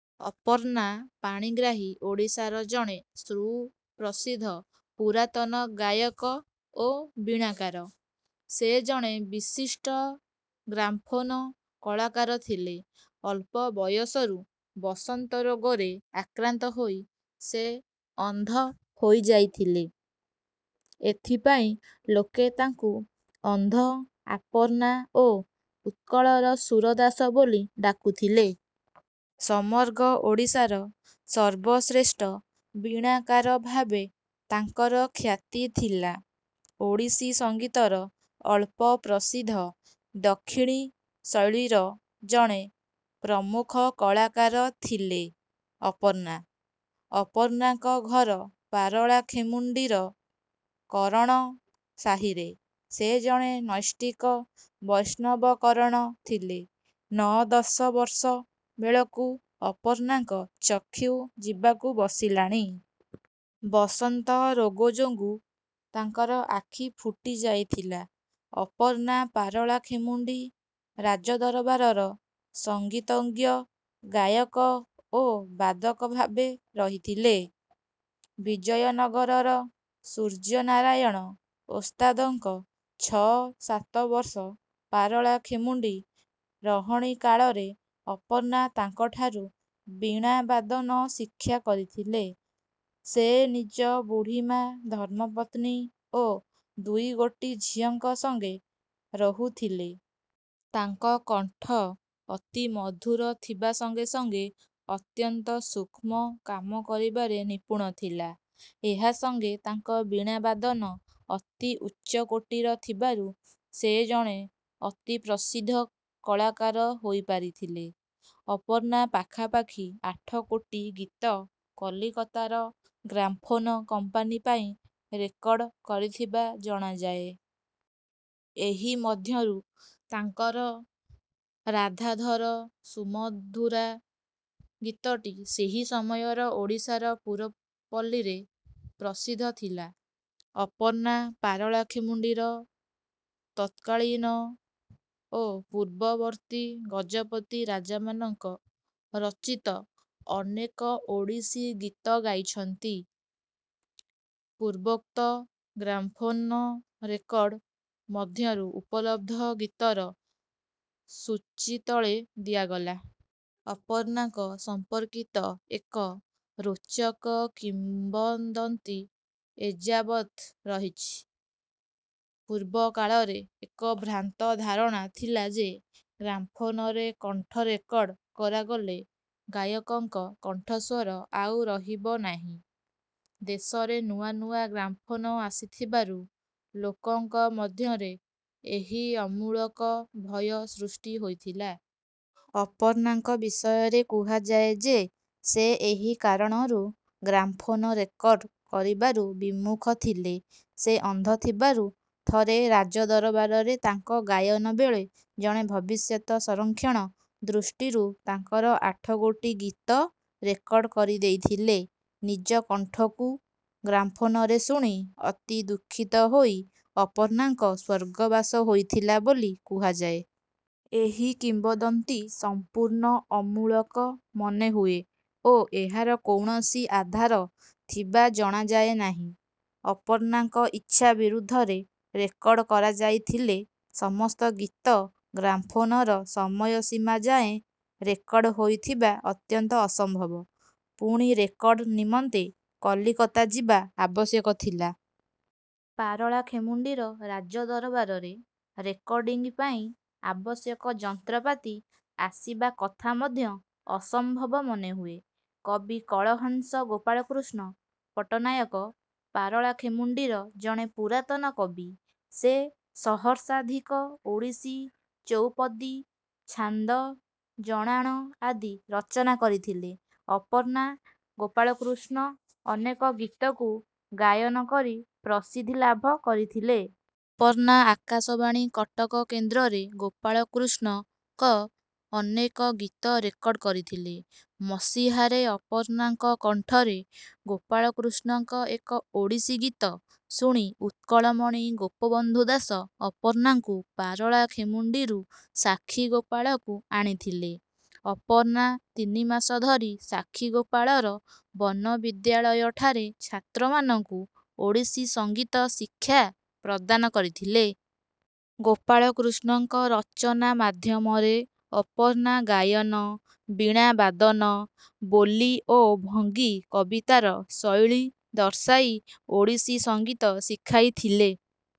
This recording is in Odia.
ଅପର୍ଣ୍ଣା ପାଣିଗ୍ରାହୀ ଓଡ଼ିଶାର ଜଣେ ସୁପ୍ରସିଦ୍ଧ ପୁରାତନ ଗାୟକ ଓ ବୀଣାକାର। ସେ ଜଣେ ବିଶିଷ୍ଟ ଗ୍ରାମ୍ଫୋନ କଳାକାର ଥିଲେ। ଅଳ୍ପ ବୟସରୁ ବସନ୍ତ ରୋଗରେ ଆକ୍ରାନ୍ତ ହୋଇ ସେ ଅନ୍ଧ ହୋଇଯାଇଥିଲେ। ଏଥିପାଇଁ ଲୋକେ ତାଙ୍କୁ 'ଅନ୍ଧ ଆପନ୍ନା' ଓ 'ଉତ୍କଳର ସୁରଦାସ' ବୋଲି ଡାକୁଥିଲେ। ସମଗ୍ର ଓଡ଼ିଶାର ସର୍ବଶ୍ରେଷ୍ଠ ବୀଣାକାର ଭାବେ ତାଙ୍କର ଖ୍ୟାତି ଥିଲା। ଓଡ଼ିଶୀ ସଙ୍ଗୀତର ଅଳ୍ପପ୍ରସିଦ୍ଧ ଦକ୍ଷିଣୀ ଶୈଳୀର ଜଣେ ପ୍ରମୁଖ କଳାକାର ଥିଲେ ଅପର୍ଣ୍ଣା। ଅପର୍ଣ୍ଣାଙ୍କ ଘର ପାରଳାଖେମୁଣ୍ଡିର କରଣ ସାହିରେ। ସେ ଜଣେ ନୈଷ୍ଠିକ ବୈଷ୍ଣବ କରଣ ଥିଲେ। ନଅ-ଦଶ ବର୍ଷ ବେଳକୁ ଅପର୍ଣ୍ଣାଙ୍କ ଚକ୍ଷୁ ଯିବାକୁ ବସିଲାଣି। ବସନ୍ତ ରୋଗ ଯୋଗୁଁ ତାଙ୍କର ଆଖି ଫୁଟିଯାଇଥିଲା। ଅପର୍ଣ୍ଣା ପାରଳାଖେମୁଣ୍ଡି ରାଜଦରବାରର ସଙ୍ଗୀତଜ୍ଞ, ଗାୟକ ଓ ବାଦକ ଭାବେ ରହିଥିଲେ। ବିଜୟନଗରର ସୂର୍ଯ୍ୟନାରାୟଣ ଓସ୍ତାଦଙ୍କ ଛଅ ସାତ ବର୍ଷ ପାରଳାଖେମୁଣ୍ଡି ରହଣି କାଳରେ ଅପର୍ଣ୍ଣା ତାଙ୍କଠାରୁ ବୀଣାବାଦନ ଶିକ୍ଷା କରିଥିଲେ। ସେ ନିଜ ବୁଢ଼ୀମା, ଧର୍ମପତ୍ନୀ ଓ ଦୁଇଗୋଟି ଝିଅଙ୍କ ସଙ୍ଗେ ରହୁଥିଲେ। ତାଙ୍କ କଣ୍ଠ ଅତି ମଧୁର ଥିବା ସଙ୍ଗେ ସଙ୍ଗେ ଅତ୍ୟନ୍ତ ସୂକ୍ଷ୍ମ କାମ କରିବାରେ ନିପୁଣ ଥିଲା। ଏହା ସଙ୍ଗେ ତାଙ୍କ ବୀଣାବାଦନ ଅତି ଉଚ୍ଚକୋଟିର ଥିବାରୁ ସେ ଜଣେ ଅତିପ୍ରସିଦ୍ଧ କଳାକାର ହୋଇପାରିଥିଲେ। ଅପର୍ଣ୍ଣା ପାଖାପାଖି ଆଠଗୋଟି ଗୀତ କଲିକତାର ଗ୍ରାମ୍ଫୋନ କମ୍ପାନୀ ପାଇଁ ରେକର୍ଡ଼ କରିଥିବା ଜଣାଯାଏ। ଏହି ମଧ୍ୟରୁ ତାଙ୍କର 'ରାଧାଧର ସୁମଧୁରା' ଗୀତଟି ସେହି ସମୟର ଓଡ଼ିଶାର ପୁରପଲ୍ଲୀରେ ପ୍ରସିଦ୍ଧ ଥିଲା। ଅପର୍ଣ୍ଣା ପାରଳାଖେମୁଣ୍ଡିର ତତ୍କାଳୀନ ଓ ପୂର୍ବବର୍ତ୍ତୀ ଗଜପତି ରାଜାମାନଙ୍କ ରଚିତ ଅନେକ ଓଡ଼ିଶୀ ଗୀତ ଗାଇଛନ୍ତି। ପୂର୍ବୋକ୍ତ ଗ୍ରାମ୍ଫୋନ ରେକର୍ଡ଼ ମଧ୍ୟରୁ ଉପଲବ୍ଧ ଗୀତର ସୂଚୀ ତଳେ ଦିଆଗଲା। ଅପର୍ଣ୍ଣାଙ୍କ ସମ୍ପର୍କିତ ଏକ ରୋଚକ କିମ୍ବଦନ୍ତୀ ଏଯାବତ୍ ରହିଛି। ପୂର୍ବକାଳରେ ଏକ ଭ୍ରାନ୍ତ ଧାରଣା ଥିଲା ଯେ ଗ୍ରାମ୍ଫୋନରେ କଣ୍ଠ ରେକର୍ଡ଼ କରାଗଲେ ଗାୟକଙ୍କ କଣ୍ଠସ୍ୱର ଆଉ ରହିବ ନାହିଁ। ଦେଶରେ ନୂଆ ନୂଆ ଗ୍ରାମ୍ଫୋନ ଆସିଥିବାରୁ ଲୋକଙ୍କ ମଧ୍ୟରେ ଏହି ଅମୂଳକ ଭୟ ସୃଷ୍ଟି ହୋଇଥିଲା। ଅପର୍ଣ୍ଣାଙ୍କ ବିଷୟରେ କୁହାଯାଏ ଯେ ସେ ଏହି କାରଣରୁ ଗ୍ରାମ୍ଫୋନ ରେକର୍ଡ଼ କରିବାରୁ ବିମୁଖ ଥିଲେ। ସେ ଅନ୍ଧ ଥିବାରୁ ଥରେ ରାଜଦରବାରରେ ତାଙ୍କ ଗାୟନ ବେଳେ ଜଣେ ଭବିଷ୍ୟତ ସଂରକ୍ଷଣ ଦୃଷ୍ଟିରୁ ତାଙ୍କର ଆଠଗୋଟି ଗୀତ ରେକର୍ଡ଼ କରିଦେଇଥିଲେ। ନିଜ କଣ୍ଠକୁ ଗ୍ରାମ୍ଫୋନରେ ଶୁଣି ଅତିଦୁଃଖିତ ହୋଇ ଅପର୍ଣ୍ଣାଙ୍କ ସ୍ୱର୍ଗବାସ ହୋଇଥିଲା ବୋଲି କୁହାଯାଏ। ଏହି କିମ୍ବଦନ୍ତୀ ସମ୍ପୂର୍ଣ୍ଣ ଅମୂଳକ ମନେ ହୁଏ ଓ ଏହାର କୌଣସି ଆଧାର ଥିବା ଜଣାଯାଏ ନାହିଁ। ଅପର୍ଣ୍ଣାଙ୍କ ଇଚ୍ଛା ବିରୁଦ୍ଧରେ ରେକର୍ଡ଼ କରାଯାଇଥିଲେ ସମସ୍ତ ଗୀତ ଗ୍ରାମ୍ଫୋନର ସମୟ ସୀମା ଯାଏଁ ରେକର୍ଡ଼ ହୋଇଥିବା ଅତ୍ୟନ୍ତ ଅସମ୍ଭବ। ପୁଣି ରେକର୍ଡ଼ ନିମନ୍ତେ କଲିକତା ଯିବା ଆବଶ୍ୟକ ଥିଲା। ପାରଳାଖେମୁଣ୍ଡିର ରାଜଦରବାରରେ ରେକର୍ଡ଼ିଂ ପାଇଁ ଆବଶ୍ୟକ ଯନ୍ତ୍ରପାତି ଆସିବା କଥା ମଧ୍ୟ ଅସମ୍ଭବ ମନେ ହୁଏ। କବିକଳହଂସ ଗୋପାଳକୃଷ୍ଣ ପଟ୍ଟନାୟକ ପାରଳାଖେମୁଣ୍ଡିର ଜଣେ ପୁରାତନ କବି। ସେ ସହସ୍ରାଧିକ ଓଡ଼ିଶୀ ଚଉପଦୀ, ଛାନ୍ଦ, ଜଣାଣ ଆଦି ରଚନା କରିଥିଲେ। ଅପର୍ଣ୍ଣା ଗୋପାଳକୃଷ୍ଣ ଅନେକ ଗୀତକୁ ଗାୟନ କରି ପ୍ରସିଦ୍ଧି ଲାଭ କରିଥିଲେ। ଅପର୍ଣ୍ଣା ଆକାଶବାଣୀ କଟକ କେନ୍ଦ୍ରରେ ଗୋପାଳକୃଷ୍ଣଙ୍କ ଅନେକ ଗୀତ ରେକର୍ଡ଼ କରିଥିଲେ। ମସିହାରେ ଅପର୍ଣ୍ଣାଙ୍କ କଣ୍ଠରେ ଗୋପାଳକୃଷ୍ଣଙ୍କ ଏକ ଓଡ଼ିଶୀ ଗୀତ ଶୁଣି ଉତ୍କଳମଣି ଗୋପବନ୍ଧୁ ଦାସ ଅପର୍ଣ୍ଣାଙ୍କୁ ପାରଳାଖେମୁଣ୍ଡିରୁ ସାକ୍ଷୀଗୋପାଳକୁ ଆଣିଥିଲେ। ଅପର୍ଣ୍ଣା ତିନି ମାସ ଧରି ସାକ୍ଷୀଗୋପାଳର ବନବିଦ୍ୟାଳୟଠାରେ ଛାତ୍ରମାନଙ୍କୁ ଓଡ଼ିଶୀ ସଙ୍ଗୀତ ଶିକ୍ଷା ପ୍ରଦାନ କରିଥିଲେ। ଗୋପାଳକୃଷ୍ଣଙ୍କ ରଚନା ମାଧ୍ୟମରେ ଅପର୍ଣ୍ଣା ଗାୟନ, ବୀଣା ବାଦନ, ବୋଲି ଓ ଭଙ୍ଗୀ କବିତାର ଶୈଳୀ ଦର୍ଶାଇ ଓଡ଼ିଶୀ ସଙ୍ଗୀତ ଶିଖାଇଥିଲେ।